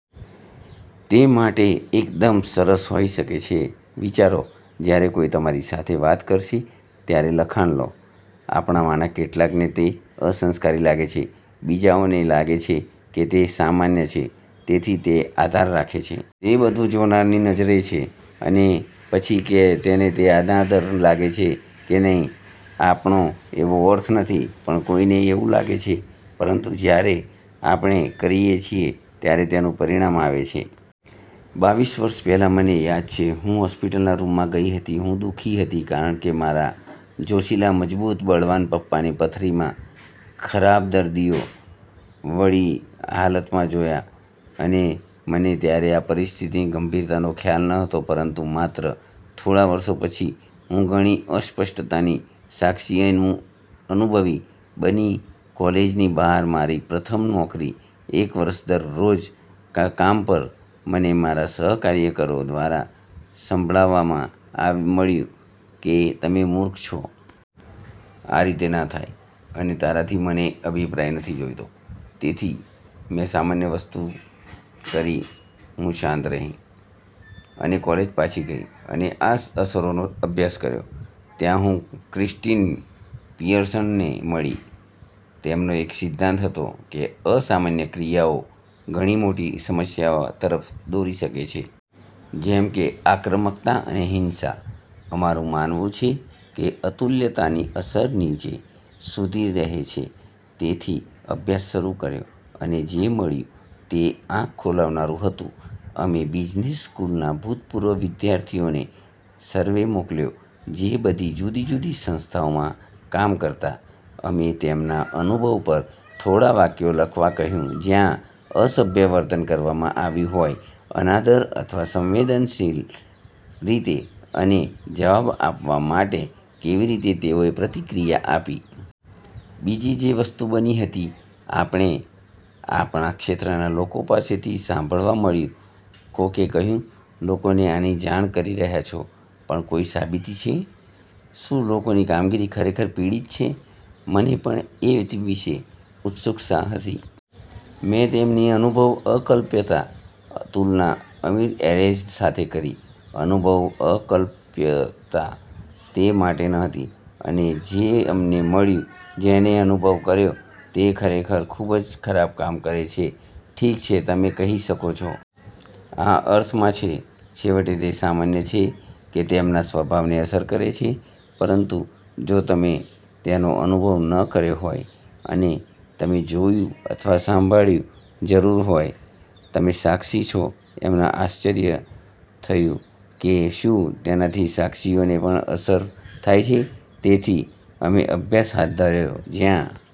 તે બીજા માટે એકદમ સરસ હોઈ શકે છે. વિચારો, જ્યારે કોઈ તમારી સાથે વાત કરશે ત્યારે લખાણ લો. આપણામાંના કેટલાકને તે અસંસ્કારી લાગે છે, બીજાઓને લાગે છે કે તે સામાન્ય છે. તેથી તે આધાર રાખે છે. તે બધું જોનારની નજરે છે અને પછી કે તેને તે અનાદર લાગે છે કે નહીં. આપણો એવો અર્થ નથી પણ કોઈને એવું લાગે છે પરંતુ જ્યારે આપણે કરીએ છીએ, ત્યારે તેનું પરિણામ આવે છે. બાવીસ વર્ષ પહેલાં, મને યાદ છે હું હોસ્પિટલના રૂમમાં ગઈ હતી. હું દુખી હતી કારણકે મે મારા જોશીલા, મજબૂત, બળવાન પપ્પાને પથરીમાં ખરાબ દર્દીઓ વાળી હાલતમાં જોયા. અને મને ત્યારે આ પરિસ્થિતિની ગંભીરતાનો ખ્યાલ ન હતો પરંતુ માત્ર થોડા વર્ષો પછી, હું ઘણી અસ્પષ્ટતા ની સાક્ષી અને અનુભવી બની કોલેજની બહાર મારી પ્રથમ નોકરી એક વરસ દરરોજ કામ પર મને મારા સહકાર્યકરો દ્વારા સાંભળવા મળ્યું કે, "તમે મૂર્ખ છો? આ રીતે ના થાય, " અને "તારાથી મને અભિપ્રાય નથી જોઈતો. " તેથી મે સામાન્ય વસ્તુ કરી હું શાંત રહી, અને કોલેજ પાછી ગઈ અને આ અસરોનો અભ્યાસ કર્યો. ત્યાં, હું ક્રિષ્ટીન પિઅર્સનને મળી તેમનો એક સિદ્ધાંત હતો, કે અસામાન્ય ક્રિયાઓ ઘણી મોટી સમસ્યા તરફ દોરી સકે છે. જેમ કે આક્રમકતા અને હિંસા. અમારું માનવું છે કે અતુલ્યતાની અસર નીચે સુધી રહે છે. તેથી અભ્યાસ શરૂ કર્યો, અને જે મળ્યું તે આંખ ખોલાવનારું હતું. અમે બિઝનેસ સ્કૂલના ભુતપૂર્વ વિધ્યાર્થીઓને સર્વે મોકલ્યો જે બધી જુદી જુદી સંસ્થાઓમાં કામ કરતાં અમે તેમના અનુભવ પર થોડા વાક્યો લખવા કહ્યું જ્યાં અસભ્ય વર્તન કરવામાં આવ્યું હોય, અનાદર અથવા સંવેદનહીન રીતે અને જવાબ આપવા માટે કેવી રીતે તેઓએ પ્રતિક્રિયા આપી. બીજી જે વસ્તુ બની હતી, આપણે આપણાં ક્ષેત્રના લોકો પાસેથી સાંભળવા મળ્યું કોકે કહ્યું, "લોકોને આની જાણ કરી રહ્યા છો, પણ કોઈ સાબિતી છે? શું લોકોની કામગીરી ખરેખર પીડિત છે? " મને પણ તે વિશે ઉત્સુકતા હતી. મે તેમની અનુભવ અકલ્પ્યતા તુલના અમીર એરેઝ સાથે કરી અનુભવ અકલ્પ્યતા તે માટે ન હતી. અને જે અમને મળ્યું જેને અનુભવ કર્યો તે ખરેખર ખુબજ ખરાબ કામ કરે છે. ઠીક છે તમે કહી શકો છો. "આ અર્થમાં છે. છેવટે, તે સામાન્ય છે કે તેમના સ્વભાવને અસર કરે છે. " પરંતુ જો તમે તેનો અનુભવ ન કર્યો હોય? અને તમે જોયું અથવા સંભાળ્યું જરૂર હોય? તમે સાક્ષી છો અમને આશ્ચર્ય થયું કે શું તેનાથી સાક્ષીઓને પણ અસર થાય છે. તેથી અમે અભ્યાસ હાથ ધર્યો જ્યાં